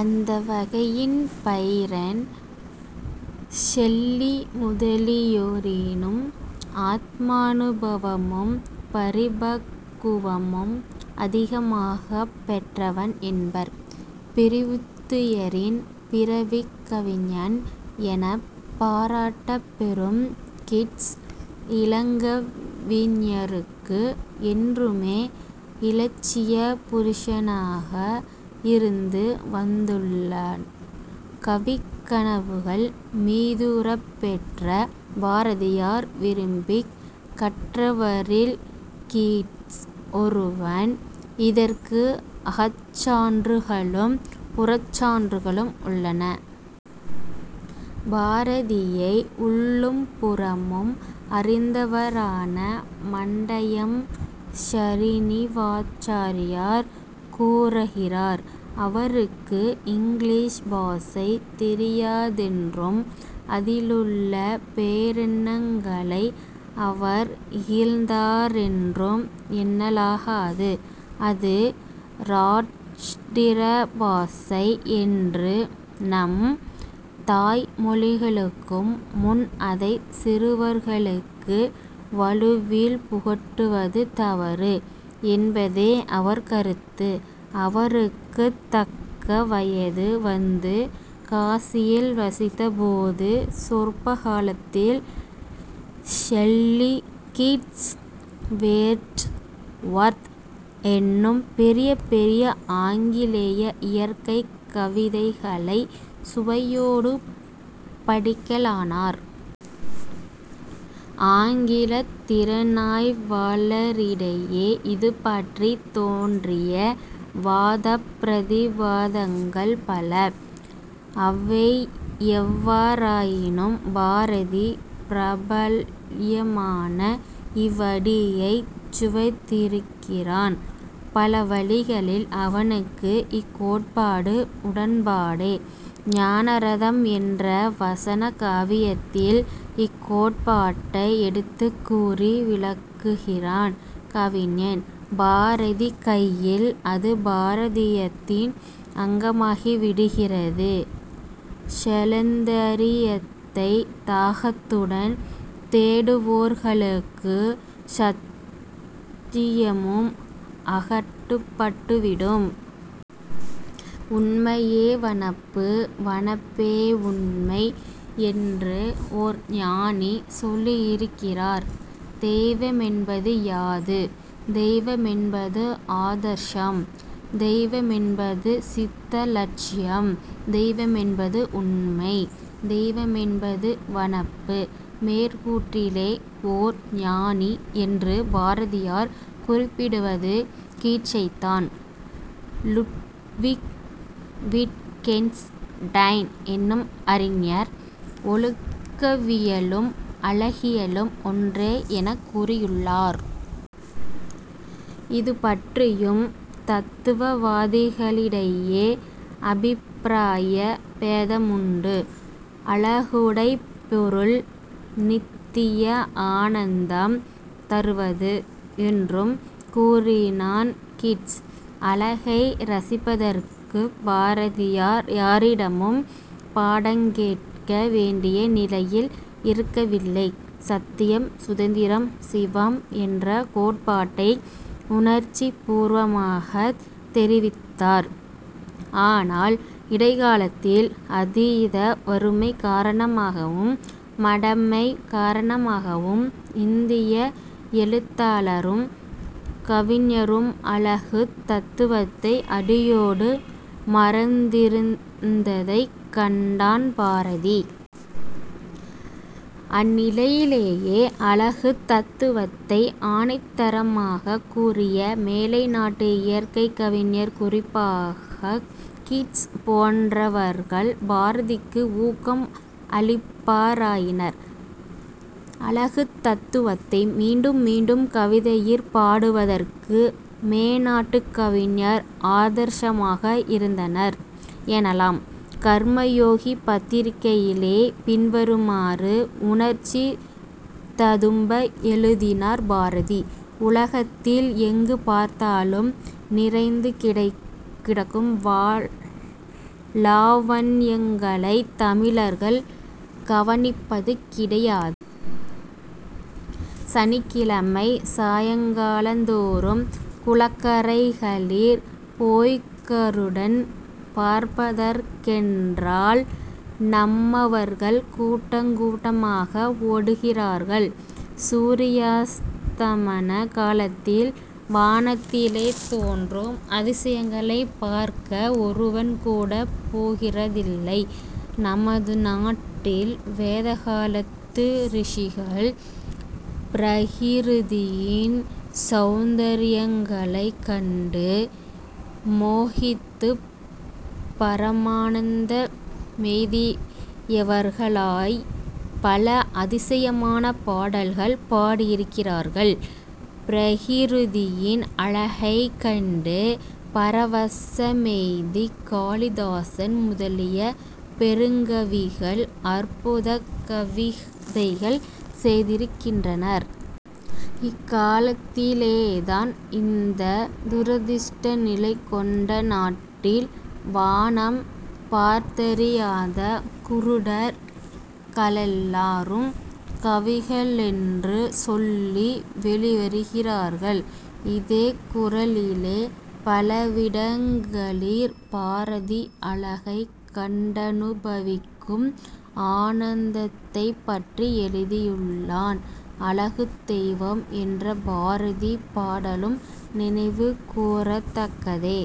அந்த வகையின் Byrne Shelley முதலியோரினும் ஆத்மானுபவமும் பரிபக்குவமும் அதிகமாகப் பெற்றவன் என்பர். 'பிரிவுத்துயரின் பிறவிக் கவிஞன்' எனப் பாராட்டப்பெறும் கிட்ஸ், இளங்கவிஞருக்கு என்றுமே இலட்சிய புருஷனாக இருந்து வந்துள்ளான். கவிக் கனவுகள் மீதூரப் பெற்ற பாரதியார் விரும்பிக் கற்றவரில் கீட்ஸ் ஒருவன். இதற்கு அகச்சான்றுகளும் புறச்சான்றுகளும் உள்ளன. பாரதியை உள்ளும் புறமும் அறிந்தவரான மண்டயம் ஸரீநிவாச்சாரியார் கூறகிறார்: அவருக்கு இங்கிலீஷ் பாஷை தெரியாதென்றும் அதிலுள்ள பேரெண்ணங்களை அவர் இகழ்ந்தாரென்றும் எண்ணலாகாது. அது ராஷ்டிர பாஷை என்று நம் தாய் மொழிகளுக்கும் முன் அதைச் சிறுவர்களுக்கு வலுவில் புகட்டுவது தவறு என்பதே அவர் கருத்து. அவருக்குத் தக்க வயது வந்து காசியில் வசித்தபோது சொற்ப காலத்தில் ஷெல்லி, கீட்ஸ், வேர்ட்ஸ் வொர்த் என்னும் பெரிய பெரிய ஆங்கிலேய இயற்கைக் கவிதைகளைச் சுவையோடு படிக்கலானார். ஆங்கிலத் திறனாய்வாளரிடையே இதுபற்றித் தோன்றிய வாதப் பிரதிவாதங்கள் பல. அவையெவ்வாறாயினும் பாரதி, பிரபல்யமான இவ்வடியைச் சுவைத்திருக்கிறான். பல வழிகளில் அவனுக்கு இக்கோட்பாடு உடன்பாடே. ஞானரதம் என்ற வசன காவியத்தில் இக்கோட்பாட்டை எடுத்துக்கூறி விளக்குகிறான் கவிஞன்; பாரதி கையில் அது பாரதீயத்தின் அங்கமாகிவிடுகிறது. "ஸௌந்தரியத்தைத் தாகத்துடன் தேடுவோர்களுக்கு ஸத்தியமும் அகப்பட்டுவிடும். 'உண்மையே வனப்பு, வனப்பே உண்மை' என்று ஓர் ஞானி சொல்லியிருக்கிறார்... தெய்வமென்பது யாது? தெய்வமென்பது ஆதர்சம்; தெய்வமென்பது சித்த லட்சியம். தெய்வமென்பது உண்மை. தெய்வமென்பது வனப்பு. மேற்கூற்றிலே 'ஓர் ஞானி' என்று பாரதியார் குறிப்பிடுவது கீட்ஸைத்தான். லுட்விக் விட்கென்ஸ் டைன் என்னும் அறிஞர் "ஒழுக்கவியலும் அழகியலும் ஒன்றே" எனக் கூறியுள்ளார். இதுபற்றியும் தத்துவவாதிகளிடையே அபிப்பிராய பேதமுண்டு. "அழகுடைப் பொருள் நித்திய ஆனந்தம் தருவது" என்றும் கூறினான் கீட்ஸ். அழகை ரசிப்பதற்குப் பாரதியார் யாரிடமும் பாடங்கேட்க வேண்டிய நிலையில் இருக்க வில்லை. சத்தியம், சுந்தரம், சிவம் என்ற கோட்பாட்டை உணர்ச்சிப் பூர்வமாகத் தெரிந்திருந்தார். ஆனால் இடைக்காலத்தில் அதீத வறுமை காரணமாகவும், மடமை காரணமாகவும் இந்திய எழுத்தாளரும் கவிஞரும் அழகுத் தத்துவத்தை அடியோடு மறந்திருந்ததைக் கண்டான் பாரதி. அந்நிலையிலேயே, அழகுத் தத்துவத்தை ஆணித்தரமாகக் கூறிய மேலை நாட்டு இயற்கைக் கவிஞர்-குறிப்பாகக் கீட்ஸ் போன்றவர்கள்- பாரதிக்கு ஊக்கம் அளிப்பாராயினர். அழகுத் தத்துவத்தை மீண்டும் மீண்டும் கவிதையிற் பாடுவதற்கு மேனாட்டுக் கவிஞர் ஆதர்சமாக இருந்தனர் எனலாம். "கர்மயோகி" பத்திரிகையிலே பின்வருமாறு உணர்ச்சி ததும்ப எழுதினார் பாரதி: "உலகத்தில் எங்கு பார்த்தாலும் நிறைந்து கிடக்கும் லாவண்யங்களைத் தமிழர்கள் கவனிப்பது கிடையாது. சனிக்கிழமை சாயங்காலந்தோறும் குளக்கரைகளிற் போய்க்கருடன் பார்ப்பதற்கென்றால் நம்மவர்கள் கூட்டங்கூட்டமாக ஓடுகிறார்கள். சூரியாஸ்தமன காலத்தில் வானத்திலே தோன்றும் அதிசயங்களைப் பார்க்க ஒருவன்கூடப் போகிறதில்லை. நமது நாட்டில் வேதகாலத்து ரிஷிகள் பிரகிருதியின் சௌந்தர்யங்களைக் கண்டு மோகித்துப் பரமானந்த மெய்தியவர்களாய்ப் பல அதிசயமான பாடல்கள் பாடியிருக்கிறார்கள். பிரகிருதியின் அழகைக் கண்டு பரவசமெய்திக் காளிதாசன் முதலிய பெருங்கவிகள் அற்புதக் கவிதைகள் செய்திருக்கின்றனர். இக்காலத்திலேதான் இந்த துரதிருஷ்ட நிலை கொண்ட நாட்டில் வானம் பார்த்தறியாத குருடர் களெல்லாரும் கவிகளென்று சொல்லி வௌிவருகிறார்கள். " இதே குரலிலே பலவிடங்களிற் பாரதி அழகைக் கண்டனுபவிக்கும் ஆனந்தத்தைப்பற்றி எழுதியுள்ளான். "அழகுத் தெய்வம்" என்ற பாரதி பாடலும் நினைவு கூரத்தக்கதே.